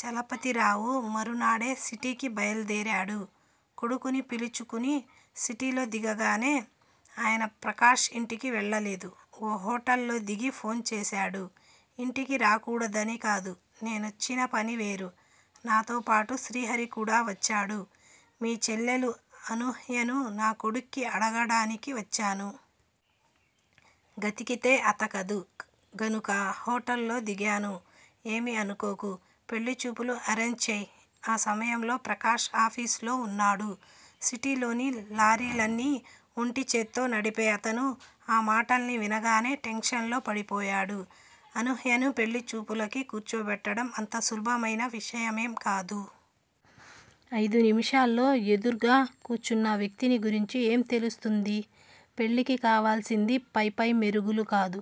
చలపతిరావు మరునాడే సిటీకి బయల్దేరాడు కొడుకుని పిలుచుకుని. సిటీలో దిగగానే ఆయన ప్రకాష్ ఇంటికి వెళ్ళలేదు. ఓ హోటల్ లో దిగి ఫోన్ చేశాడు. ఇంటికి రాకూడదని కాదు. నేనొచ్చిన పని వేరు. నాతో పాటు శ్రీహరి కూడా వచ్చాడు. మీ చెల్లెలు అనూహ్యను నా కొడుక్కి అడగడానికి వచ్చాను. గతికితే అతకదు గనుక హోటల్ లో దిగాను. ఏమీ అనుకోకు. పెళ్ళి చూపులు ఆరెంజ్ చెయ్. ఆ సమయంలో ప్రకాష్ ఆఫీసులో వున్నాడు. సిటీ లోని లారీలన్ని ఒంటిచేత్తో నడిపే అతను ఆ మాటల్ని వినగానే టెన్షన్ లో పడిపోయాడు. అనూహ్యను పెళ్ళి చూపులకి కూర్చోబెట్టడం అంత సులభమైన విషయమేం కాదు. అయిదు నిముషాల్లో ఎదురుగ్గా కూర్చున్న వ్యక్తిని గురించి ఏం తెలుస్తుంది? పెళ్ళికి కావలసింది పైపై మెరుగులు కాదు.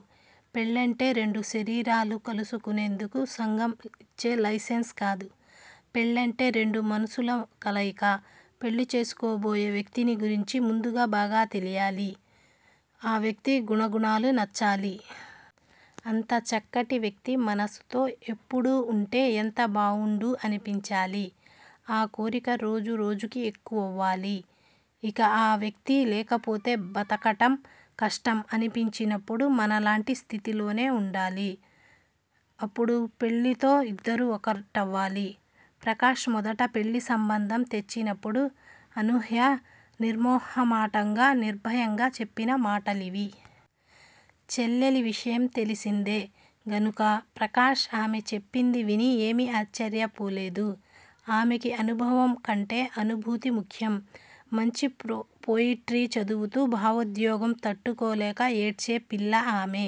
పెళ్ళంటే రెండు శరీరాలు కలుసుకునేందుకు సంఘం ఇచ్చే లైసెన్స్ కాదు. పెళ్ళంటే రెండు మనసుల కలయిక. పెళ్ళి చేసుకోబోయే వ్యక్తిని గురించి ముందు బాగా తెలియాలి. ఆ వ్యక్తి గుణగుణాలు నచ్చాలి. అంత చక్కటి వ్యక్తి మనసుతో ఎప్పుడూ ఉంటే ఎంత బావుండు అనిపించాలి. ఆ కోరిక రోజు రోజుకీ ఎక్కువవ్వాలి. ఇక ఆ వ్యక్తి లేకపోతే బతకడం కష్టం అనిపించినప్పుడు మనలాంటి స్థితిలోనే వుండాలి. అప్పుడు పెళ్ళితో ఇద్దరూ ఒక్కటవ్వాలి. ప్రకాష్ మొదట పెళ్ళి సంబంధం తెచ్చినప్పుడు అనూహ్య నిర్మొహమాటంగా, నిర్భయంగా చెప్పిన మాటలివి. చెల్లెలి విషయం తెలిసిందే గనుక ప్రకాష్ ఆమె చెప్పింది విని ఏమీ ఆశ్చర్యపోలేదు. ఆమెకి అనుభవం కంటే అనుభూతి ముఖ్యం. మంచి పొపొయిట్రీ చదువుతూ భావోద్వేగం తట్టుకోలేక ఏడ్చే పిల్ల ఆమె.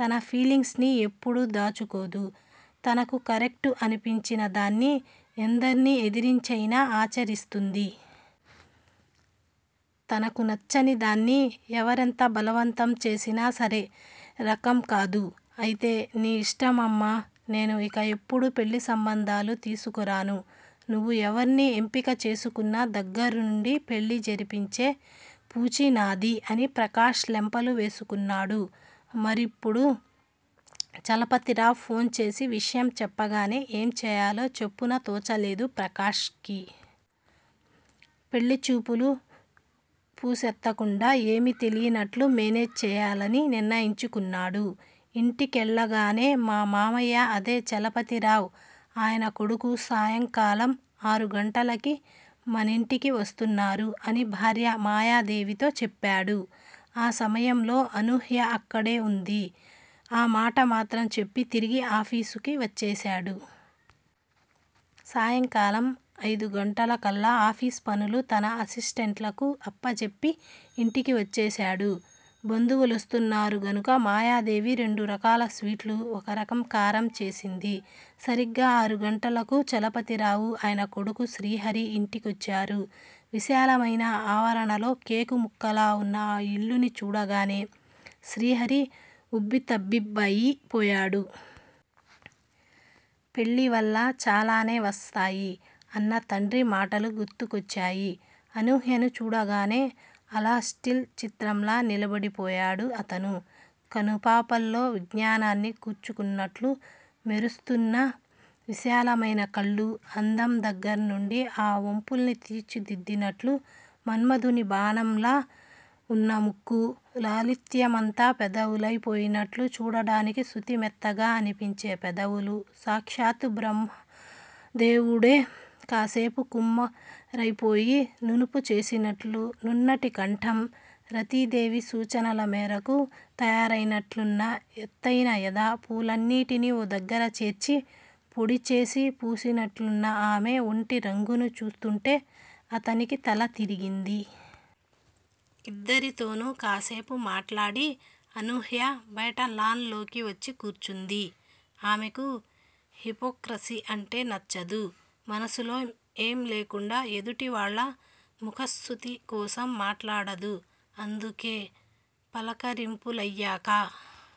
తన ఫీలింగ్స్ ని ఎప్పుడూ దాచుకోదు. తనకు కరెక్టు అనిపించిన దాన్ని ఎందర్ని ఎదిరించైనా ఆచరిస్తుంది. తనకు నచ్చని దాన్ని ఎవరెంత బలవంతం చేసినా చేసే రకం కాదు. అయితే నీ ఇష్టమమ్మా. నేను ఇక ఎప్పుడూ పెళ్ళిసంబంధాలు తీసుకురాను. నువ్వు ఎవర్ని ఎంపిక చేసుకున్నా దగ్గరుండి పెళ్ళి జరిపించే పూచీ నాది అని ప్రకాష్ లెంపలు వేసుకున్నాడు. మరిప్పుడు చలపతిరావు ఫోన్ చేసి విషయం చెప్పగానే ఏం చేయాలో చప్పున తోచలేదు ప్రకాష్ కి. పెళ్ళిచూపుల వూసెత్తకుండా ఏమీ తెలియనట్టు మేనేజ్ చేయాలని నిర్ణయించుకున్నాడు. ఇంటికెళ్ళగానే మా మావయ్య, అదే చలపతిరావు, ఆయన కొడుకు సాయంకాలం ఆరు గంటలకి మనింటికి వస్తున్నారు అని భార్య మాయాదేవితో చెప్పాడు. ఆ సమయంలో అనూహ్య అక్కడే వుంది. ఆ మాట మాత్రం చెప్పి తిరిగి ఆఫీసుకి వచ్చేశాడు. సాయంకాలం అయిదుగంటలకల్లా ఆఫీసు పనులు తన అసిస్టెంట్లకు అప్పజెప్పి ఇంటికి వచ్చేశాడు. బంధువులొస్తున్నారు గనుక మాయాదేవి రెండు రకాల స్వీట్సు, ఓ రకం కారం చేసింది. సరిగ్గా ఆరు గంటలకు చలపతిరావు, ఆయన కొడుకు శ్రీహరి ఇంటికొచ్చారు. విశాలమైన ఆవరణలో కేకు ముక్కలా వున్న ఆ ఇల్లుని చూడగానే శ్రీహరి ఉబ్బితబ్బిబ్బయి పోయాడు. పెళ్ళివల్ల చాలానే వస్తాయి అన్న తండ్రి మాటలు గుర్తుకొచ్చాయి. అనూహ్యను చూడగానే అలా స్టిల్ చిత్రంలా నిలబడిపోయాడు అతను. కనుపాపల్లో విజ్ఞానాన్ని కూర్చుకున్నట్లు మెరుస్తున్న విశాలమైన కళ్ళు, అందం దగ్గర నుండి ఆ వంపుని తీర్చిదిద్దినట్టు మన్మధుని బాణంలా వున్న ముక్కు, లాలిత్యమంతా పెదవులై పోయినట్టు చూడడానికే సుతిమెత్తగా అనిపించే పెదవులు, సాక్షాత్తూ బ్రహ్మదేవుడే కాసేపు కుమ్మరైపోయి నునుపు చేసినట్టు నున్నటి కంఠం, రతీ దేవి సూచనల మేరకు తయారైనట్లున్న ఎత్తయిన ఎద, పూలన్నిటినీ ఓ దగ్గర చేర్చి, పొడి చేసి పూసినట్లున్న ఆమె ఒంటి రంగును చూస్తుంటే అతనికి తల తిరిగింది. ఇద్దరితోనూ కాసేపు మాట్లాడి అనూహ్య బయట లాన్ లోకి వచ్చి కూర్చుంది. ఆమెకు హిపోక్రసీ అంటే నచ్చదు. మనసులో ఏం లేకుండా ఎదుటివాళ్ళ ముఖస్తుతి కోసం మాట్లాడదు. అందుకే పలకరింపులయ్యాక